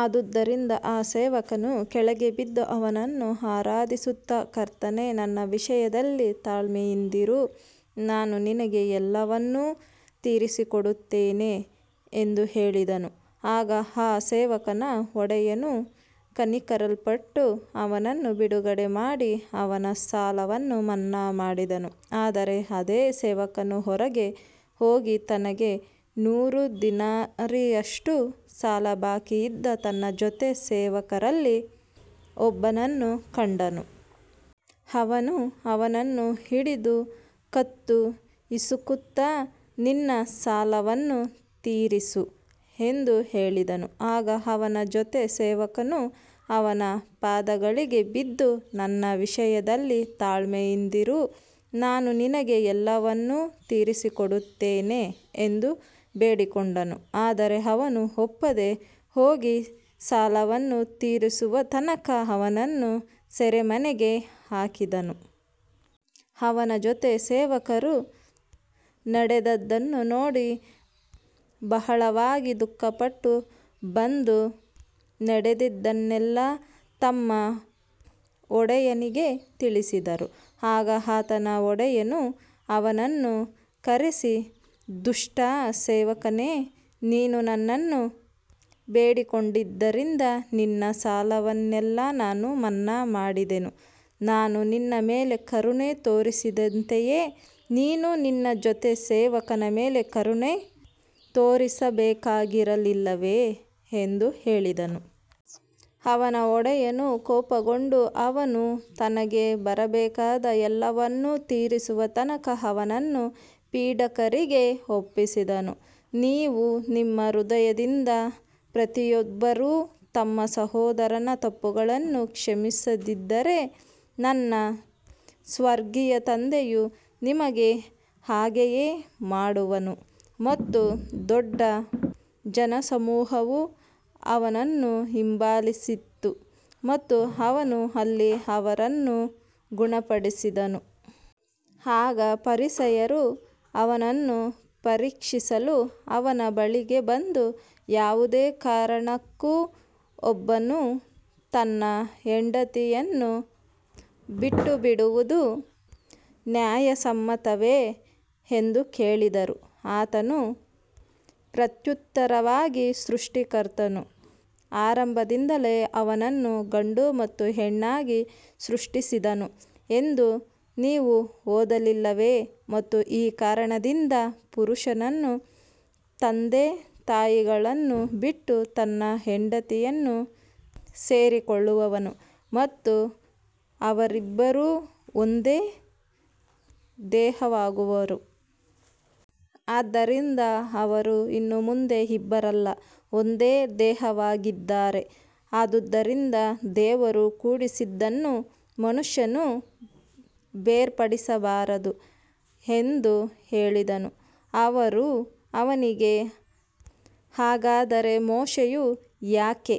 ಆದುದರಿಂದ ಆ ಸೇವಕನು ಕೆಳಗೆ ಬಿದ್ದು ಅವನನ್ನು ಆರಾಧಿಸುತ್ತಾ, ಕರ್ತನೇ, ನನ್ನ ವಿಷಯದಲ್ಲಿ ತಾಳ್ಮೆಯಿಂದಿರು, ನಾನು ನಿನಗೆ ಎಲ್ಲವನ್ನೂ ತೀರಿಸಿಕೊಡುತ್ತೇನೆ ಎಂದು ಹೇಳಿದನು. ಆಗ ಆ ಸೇವಕನ ಒಡೆಯನು ಕನಿಕರಪಟ್ಟು ಅವನನ್ನು ಬಿಡುಗಡೆ ಮಾಡಿ ಅವನ ಸಾಲವನ್ನು ಮನ್ನಾ ಮಾಡಿದನು. ಆದರೆ ಅದೇ ಸೇವಕನು ಹೊರಗೆ ಹೋಗಿ ತನಗೆ ನೂರು ದಿನಾರಿಗಳಷ್ಟು ಸಾಲಬಾಕಿಯಿದ್ದ ತನ್ನ ಜೊತೆ ಸೇವಕರಲ್ಲಿ ಒಬ್ಬನನ್ನು ಕಂಡನು. ಅವನು ಅವನನ್ನು ಹಿಡಿದು ಕತ್ತು ಹಿಸುಕುತ್ತಾ, ನಿನ್ನ ಸಾಲವನ್ನು ತೀರಿಸು ಎಂದು ಹೇಳಿದನು. ಆಗ ಅವನ ಜೊತೆ ಸೇವಕನು ಅವನ ಪಾದಗಳಿಗೆ ಬಿದ್ದು, ನನ್ನ ವಿಷಯದಲ್ಲಿ ತಾಳ್ಮೆಯಿಂದಿರು, ನಾನು ನಿನಗೆ ಎಲ್ಲವನ್ನೂ ತೀರಿಸಿಕೊಡುತ್ತೇನೆ ಎಂದು ಬೇಡಿಕೊಂಡನು. ಆದರೆ ಅವನು ಒಪ್ಪದೆ ಹೋಗಿ ಸಾಲವನ್ನು ತೀರಿಸುವ ತನಕ ಅವನನ್ನು ಸೆರೆಮನೆಗೆ ಹಾಕಿಸಿದನು. ಅವನ ಜೊತೆ ಸೇವಕರು ನಡೆದದ್ದನ್ನು ನೋಡಿ ಬಹಳವಾಗಿ ದುಃಖಪಟ್ಟು ಬಂದು ನಡೆದದ್ದನ್ನೆಲ್ಲಾ ತಮ್ಮ ಒಡೆಯನಿಗೆ ತಿಳಿಸಿದರು. ಆಗ ಅವನ ಒಡೆಯನು ಅವನನ್ನು ಕರೆಸಿ, ದುಷ್ಟ ಸೇವಕನೇ, ನೀನು ನನ್ನನ್ನು ಬೇಡಿಕೊಂಡದ್ದರಿಂದ ನಿನ್ನ ಸಾಲವನ್ನೆಲ್ಲಾ ನಾನು ಮನ್ನಾ ಮಾಡಿದೆನು. ನಾನು ನಿನ್ನ ಮೇಲೆ ಕರುಣೆ ತೋರಿಸಿದಂತೆಯೇ ನೀನೂ ನಿನ್ನ ಜೊತೆ ಸೇವಕನ ಮೇಲೆ ಕರುಣೆ ತೋರಿಸಬೇಕಾಗಿರಲಿಲ್ಲವೇ ಎಂದು ಹೇಳಿದನು. ಅವನ ಒಡೆಯನು ಕೋಪಗೊಂಡು, ಅವನು ತನಗೆ ಬರಬೇಕಾದ ಎಲ್ಲವನ್ನೂ ತೀರಿಸುವ ತನಕ ಅವನನ್ನು ಪೀಡಕರಿಗೆ ಒಪ್ಪಿಸಿದನು. ನೀವು ನಿಮ್ಮ ಹೃದಯದಿಂದ ಪ್ರತಿಯೊಬ್ಬರೂ ತಮ್ಮ ಸಹೋದರನ ತಪ್ಪುಗಳನ್ನು ಕ್ಷಮಿಸದಿದ್ದರೆ ನನ್ನ ಸ್ವರ್ಗೀಯ ತಂದೆಯೂ ನಿಮಗೆ ಹಾಗೆಯೇ ಮಾಡುವನು. ಮತ್ತು ದೊಡ್ಡ ಜನಸಮೂಹವು ಅವನನ್ನು ಹಿಂಬಾಲಿಸಿತು ಮತ್ತು ಅವನು ಅಲ್ಲಿ ಅವರನ್ನು ಗುಣಪಡಿಸಿದನು. ಆಗ ಫರಿಸಾಯರು ಅವನನ್ನು ಪರೀಕ್ಷಿಸಲು ಅವನ ಬಳಿಗೆ ಬಂದು, ಯಾವುದೇ ಕಾರಣಕ್ಕೂ ಒಬ್ಬನು ತನ್ನ ಹೆಂಡತಿಯನ್ನು ಬಿಟ್ಟುಬಿಡುವುದು ನ್ಯಾಯಸಮ್ಮತವೇ ಎಂದು ಕೇಳಿದರು. ಆತನು ಪ್ರತ್ಯುತ್ತರವಾಗಿ, ಸೃಷ್ಟಿಕರ್ತನು ಆರಂಭದಿಂದಲೇ ಅವರನ್ನು ಗಂಡು ಮತ್ತು ಹೆಣ್ಣಾಗಿ ಸೃಷ್ಟಿಸಿದನು ಎಂದು ನೀವು ಓದಲಿಲ್ಲವೇ. ಮತ್ತು ಈ ಕಾರಣದಿಂದ ಪುರುಷನು ತಂದೆ ತಾಯಿಗಳನ್ನು ಬಿಟ್ಟು ತನ್ನ ಹೆಂಡತಿಯನ್ನು ಸೇರಿಕೊಳ್ಳುವನು ಮತ್ತು ಅವರಿಬ್ಬರೂ ಒಂದೇ ದೇಹವಾಗುವರು. ಆದ್ದರಿಂದ ಅವರು ಇನ್ನು ಮುಂದೆ ಇಬ್ಬರಲ್ಲ, ಒಂದೇ ದೇಹವಾಗಿದ್ದಾರೆ. ಆದುದರಿಂದ ದೇವರು ಕೂಡಿಸಿದ್ದನ್ನು ಮನುಷ್ಯನು ಬೇರ್ಪಡಿಸಬಾರದು ಎಂದು ಹೇಳಿದನು. ಅವರು ಅವನಿಗೆ, ಹಾಗಾದರೆ ಮೋಶೆಯು ಯಾಕೆ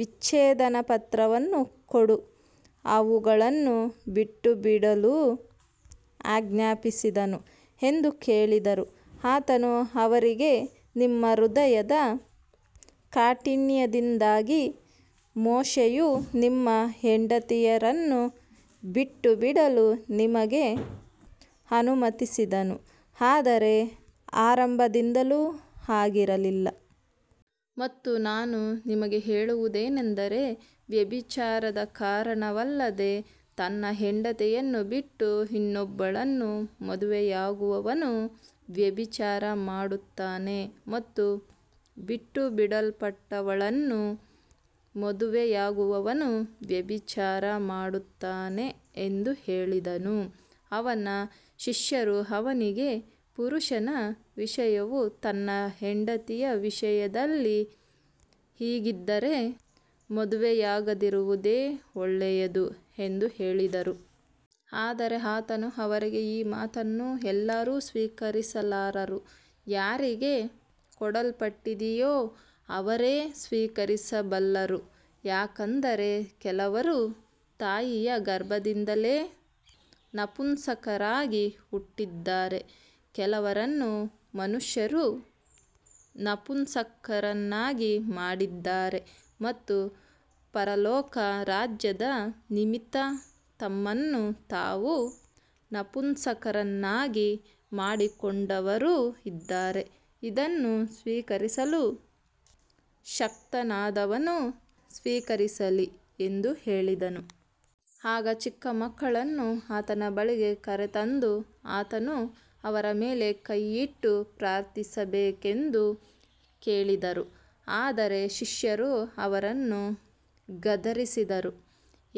ವಿಚ್ಛೇದನಪತ್ರವನ್ನು ಕೊಟ್ಟು ಅವಳನ್ನು ಬಿಟ್ಟುಬಿಡಲು ಆಜ್ಞಾಪಿಸಿದನು ಎಂದು ಕೇಳಿದರು. ಆತನು ಅವರಿಗೆ, ನಿಮ್ಮ ಹೃದಯದ ಕಾಠಿಣ್ಯದಿಂದಾಗಿ ಮೋಶೆಯು ನಿಮ್ಮ ಹೆಂಡತಿಯರನ್ನು ಬಿಟ್ಟುಬಿಡಲು ನಿಮಗೆ ಅನುಮತಿಸಿದನು, ಆದರೆ ಆರಂಭದಿಂದಲೂ ಹಾಗಿರಲಿಲ್ಲ. ಮತ್ತು ನಾನು ನಿಮಗೆ ಹೇಳುವುದೇನೆಂದರೆ, ವ್ಯಭಿಚಾರದ ಕಾರಣವಲ್ಲದೆ ತನ್ನ ಹೆಂಡತಿಯನ್ನು ಬಿಟ್ಟು ಇನ್ನೊಬ್ಬಳನ್ನು ಮದುವೆಯಾಗುವವನು ವ್ಯಭಿಚಾರ ಮಾಡುತ್ತಾನೆ. ಮತ್ತು ಬಿಟ್ಟುಬಿಡಲ್ಪಟ್ಟವಳನ್ನು ಮದುವೆಯಾಗುವವನೂ ವ್ಯಭಿಚಾರ ಮಾಡುತ್ತಾನೆ ಎಂದು ಹೇಳಿದನು. ಅವನ ಶಿಷ್ಯರು ಅವನಿಗೆ, ಪುರುಷನ ವಿಷಯವು ತನ್ನ ಹೆಂಡತಿಯ ವಿಷಯದಲ್ಲಿ ಹೀಗಿದ್ದರೆ ಮದುವೆಯಾಗದಿರುವುದೇ ಒಳ್ಳೆಯದು ಎಂದು ಹೇಳಿದರು. ಆದರೆ ಆತನು ಅವರಿಗೆ, ಈ ಮಾತನ್ನು ಎಲ್ಲರೂ ಸ್ವೀಕರಿಸಲಾರರು, ಯಾರಿಗೆ ಕೊಡಲ್ಪಟ್ಟಿದೆಯೋ ಅವರೇ ಸ್ವೀಕರಿಸಬಲ್ಲರು. ಯಾಕಂದರೆ ಕೆಲವರು ತಾಯಿಯ ಗರ್ಭದಿಂದಲೇ ನಪುಂಸಕರಾಗಿ ಹುಟ್ಟಿದ್ದಾರೆ, ಕೆಲವರನ್ನು ಮನುಷ್ಯರು ನಪುಂಸಕರನ್ನಾಗಿ ಮಾಡಿದ್ದಾರೆ, ಮತ್ತು ಪರಲೋಕ ರಾಜ್ಯದ ನಿಮಿತ್ತ ತಮ್ಮನ್ನು ತಾವು ನಪುಂಸಕರನ್ನಾಗಿ ಮಾಡಿಕೊಂಡವರೂ ಇದ್ದಾರೆ. ಇದನ್ನು ಸ್ವೀಕರಿಸಲು ಶಕ್ತನಾದವನು ಸ್ವೀಕರಿಸಲಿ ಎಂದು ಹೇಳಿದನು. ಆಗ ಚಿಕ್ಕ ಮಕ್ಕಳನ್ನು ಆತನ ಬಳಿಗೆ ಕರೆತಂದು, ಆತನು ಅವರ ಮೇಲೆ ಕೈಯಿಟ್ಟು ಪ್ರಾರ್ಥಿಸಬೇಕೆಂದು ಕೇಳಿದರು. ಆದರೆ ಶಿಷ್ಯರು ಅವರನ್ನು ಗದರಿಸಿದರು.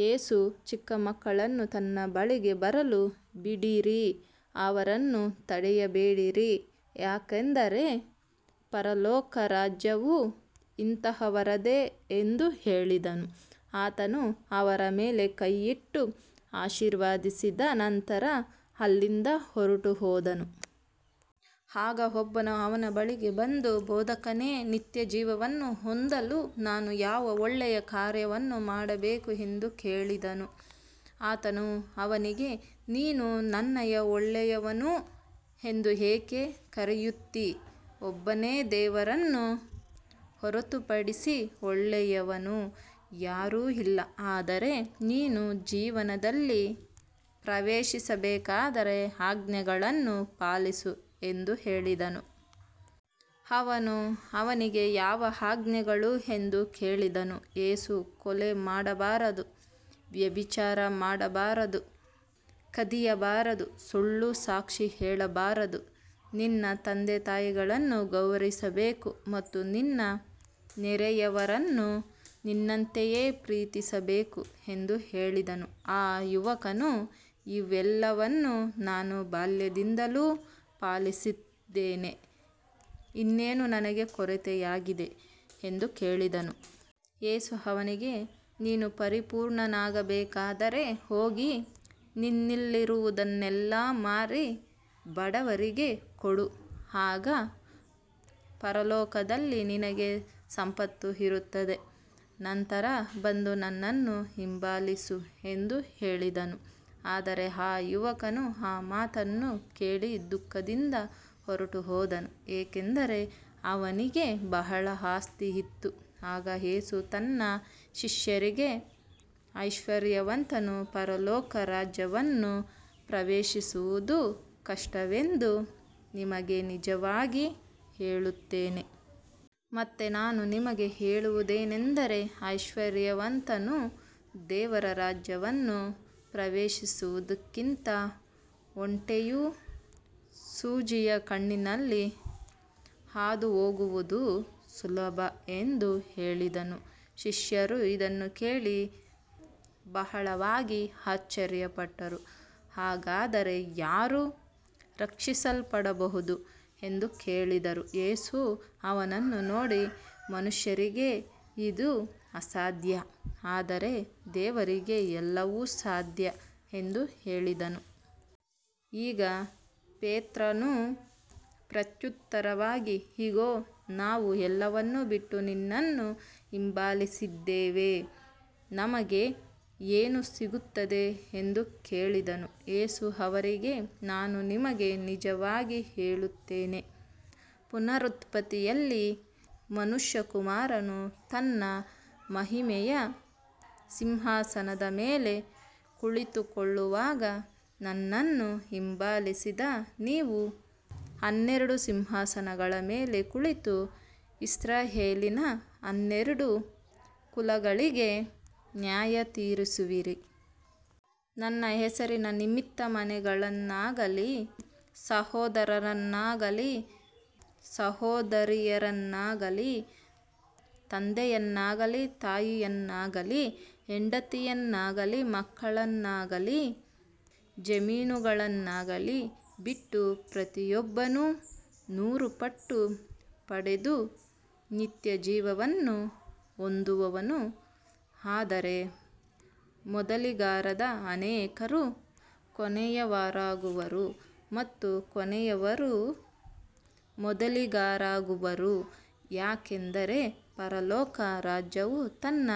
ಯೇಸು, ಚಿಕ್ಕ ಮಕ್ಕಳನ್ನು ನನ್ನ ಬಳಿಗೆ ಬರಲು ಬಿಡಿರಿ, ಅವರನ್ನು ತಡೆಯಬೇಡಿರಿ, ಯಾಕಂದರೆ ಪರಲೋಕ ರಾಜ್ಯವು ಇಂಥವರದೇ ಎಂದು ಹೇಳಿದನು. ಆತನು ಅವರ ಮೇಲೆ ಕೈಯಿಟ್ಟು ಆಶೀರ್ವದಿಸಿದ ನಂತರ ಅಲ್ಲಿಂದ ಹೊರಟುಹೋದನು. ಆಗ ಒಬ್ಬನು ಅವನ ಬಳಿಗೆ ಬಂದು, ಬೋಧಕನೇ, ನಿತ್ಯಜೀವವನ್ನು ಹೊಂದಲು ನಾನು ಯಾವ ಒಳ್ಳೆಯ ಕಾರ್ಯವನ್ನು ಮಾಡಬೇಕು ಎಂದು ಕೇಳಿದನು. ಆತನು ಅವನಿಗೆ, ನೀನು ನನ್ನನ್ನು ಒಳ್ಳೆಯವನು ಎಂದು ಏಕೆ ಕರೆಯುತ್ತೀ. ಒಬ್ಬನೇ ದೇವರನ್ನು ಹೊರತುಪಡಿಸಿ ಒಳ್ಳೆಯವನು ಯಾರೂ ಇಲ್ಲ. ಆದರೆ ನೀನು ಜೀವನದಲ್ಲಿ ಪ್ರವೇಶಿಸಬೇಕಾದರೆ ಆಜ್ಞೆಗಳನ್ನು ಪಾಲಿಸು ಎಂದು ಹೇಳಿದನು. ಅವನು ಅವನಿಗೆ, ಯಾವ ಆಜ್ಞೆಗಳು ಎಂದು ಕೇಳಿದನು. ಯೇಸು, ಕೊಲೆ ಮಾಡಬಾರದು, ವ್ಯಭಿಚಾರ ಮಾಡಬಾರದು, ಕದಿಯಬಾರದು, ಸುಳ್ಳು ಸಾಕ್ಷಿ ಹೇಳಬಾರದು, ನಿನ್ನ ತಂದೆ ತಾಯಿಯನ್ನು ಗೌರವಿಸಬೇಕು ಮತ್ತು ನಿನ್ನ ನೆರೆಯವನನ್ನು ನಿನ್ನಂತೆಯೇ ಪ್ರೀತಿಸಬೇಕು ಎಂದು ಹೇಳಿದನು. ಆ ಯುವಕನು, ಇವೆಲ್ಲವನ್ನೂ ನಾನು ಬಾಲ್ಯದಿಂದಲೂ ಪಾಲಿಸಿದ್ದೇನೆ. ಇನ್ನೇನು ನನಗೆ ಕೊರತೆಯಾಗಿದೆ ಎಂದು ಕೇಳಿದನು. ಯೇಸು ಅವನಿಗೆ, ನೀನು ಪರಿಪೂರ್ಣನಾಗಬೇಕಾದರೆ ಹೋಗಿ ನಿನ್ನಲ್ಲಿರುವುದನ್ನೆಲ್ಲಾ ಮಾರಿ ಬಡವರಿಗೆ ಕೊಡು, ಆಗ ಪರಲೋಕದಲ್ಲಿ ನಿನಗೆ ಸಂಪತ್ತು ಇರುತ್ತದೆ. ನಂತರ ಬಂದು ನನ್ನನ್ನು ಹಿಂಬಾಲಿಸು ಎಂದು ಹೇಳಿದನು. ಆದರೆ ಆ ಯುವಕನು ಆ ಮಾತನ್ನು ಕೇಳಿ ದುಃಖದಿಂದ ಹೊರಟುಹೋದನು, ಏಕೆಂದರೆ ಅವನಿಗೆ ಬಹಳ ಆಸ್ತಿಯಿತ್ತು. ಆಗ ಯೇಸು ತನ್ನ ಶಿಷ್ಯರಿಗೆ, ಐಶ್ವರ್ಯವಂತನು ಪರಲೋಕ ರಾಜ್ಯವನ್ನು ಪ್ರವೇಶಿಸುವುದು ಕಷ್ಟವೆಂದು ನಿಮಗೆ ನಿಜವಾಗಿ ಹೇಳುತ್ತೇನೆ. ಮತ್ತೆ ನಾನು ನಿಮಗೆ ಹೇಳುವುದೇನೆಂದರೆ, ಐಶ್ವರ್ಯವಂತನು ದೇವರ ರಾಜ್ಯವನ್ನು ಪ್ರವೇಶಿಸುವುದಕ್ಕಿಂತ ಒಂಟೆಯು ಸೂಜಿಯ ಕಣ್ಣಿನಲ್ಲಿ ಹಾದುಹೋಗುವುದು ಸುಲಭ ಎಂದು ಹೇಳಿದನು. ಶಿಷ್ಯರು ಇದನ್ನು ಕೇಳಿ ಬಹಳವಾಗಿ ಆಶ್ಚರ್ಯಪಟ್ಟು, ಹಾಗಾದರೆ ಯಾರು ರಕ್ಷಿಸಲ್ಪಡಬಹುದು ಎಂದು ಕೇಳಿದರು. ಯೇಸು ಅವರನ್ನು ನೋಡಿ, ಮನುಷ್ಯರಿಗೆ ಇದು ಅಸಾಧ್ಯ, ಆದರೆ ದೇವರಿಗೆ ಎಲ್ಲವೂ ಸಾಧ್ಯ ಎಂದು ಹೇಳಿದನು. ಆಗ ಪೇತ್ರನು ಪ್ರತ್ಯುತ್ತರವಾಗಿ, ಇಗೋ, ನಾವು ಎಲ್ಲವನ್ನೂ ಬಿಟ್ಟು ನಿನ್ನನ್ನು ಹಿಂಬಾಲಿಸಿದ್ದೇವೆ, ನಮಗೆ ಏನು ಸಿಗುತ್ತದೆ ಎಂದು ಕೇಳಿದನು. ಯೇಸು ಅವರಿಗೆ, ನಾನು ನಿಮಗೆ ನಿಜವಾಗಿ ಹೇಳುತ್ತೇನೆ, ಪುನರುತ್ಪತ್ತಿಯಲ್ಲಿ ಮನುಷ್ಯಕುಮಾರನು ತನ್ನ ಮಹಿಮೆಯ ಸಿಂಹಾಸನದ ಮೇಲೆ ಕುಳಿತುಕೊಳ್ಳುವಾಗ ನನ್ನನ್ನು ಹಿಂಬಾಲಿಸಿದ ನೀವು ಹನ್ನೆರಡು ಸಿಂಹಾಸನಗಳ ಮೇಲೆ ಕುಳಿತು ಇಸ್ರಾಯೇಲಿನ ಹನ್ನೆರಡು ಕುಲಗಳಿಗೆ ನ್ಯಾಯತೀರಿಸುವಿರಿ. ನನ್ನ ಹೆಸರಿನ ನಿಮಿತ್ತ ಮನೆಗಳನ್ನಾಗಲಿ, ಸಹೋದರರನ್ನಾಗಲಿ, ಸಹೋದರಿಯರನ್ನಾಗಲಿ, ತಂದೆಯನ್ನಾಗಲಿ, ತಾಯಿಯನ್ನಾಗಲಿ, ಹೆಂಡತಿಯನ್ನಾಗಲಿ, ಮಕ್ಕಳನ್ನಾಗಲಿ, ಜಮೀನುಗಳನ್ನಾಗಲಿ ಬಿಟ್ಟ ಪ್ರತಿಯೊಬ್ಬನು ನೂರುಪಟ್ಟು ಪಡೆದು ನಿತ್ಯಜೀವವನ್ನು ಹೊಂದುವನು. ಆದರೆ ಮೊದಲಿಗರಾದ ಅನೇಕರು ಕೊನೆಯವರಾಗುವರು ಮತ್ತು ಕೊನೆಯವರು ಮೊದಲಿಗರಾಗುವರು. ಯಾಕಂದರೆ ಪರಲೋಕ ರಾಜ್ಯವು ತನ್ನ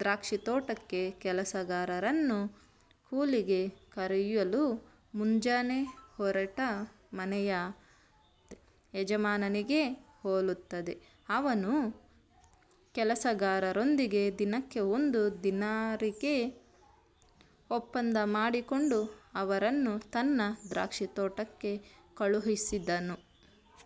ದ್ರಾಕ್ಷಿತೋಟಕ್ಕೆ ಕೆಲಸಗಾರರನ್ನು ಕೂಲಿಗೆ ಕರೆಯಲು ಮುಂಜಾನೆ ಹೊರಟ ಮನೆಯ ಯಜಮಾನನಿಗೆ ಹೋಲುತ್ತದೆ. ಅವನು ಕೆಲಸಗಾರರೊಂದಿಗೆ ದಿನಕ್ಕೆ ಒಂದು ದಿನಾರಿಗೆ ಒಪ್ಪಂದ ಮಾಡಿಕೊಂಡು ಅವರನ್ನು ತನ್ನ ದ್ರಾಕ್ಷಿತೋಟಕ್ಕೆ ಕಳುಹಿಸಿದನು.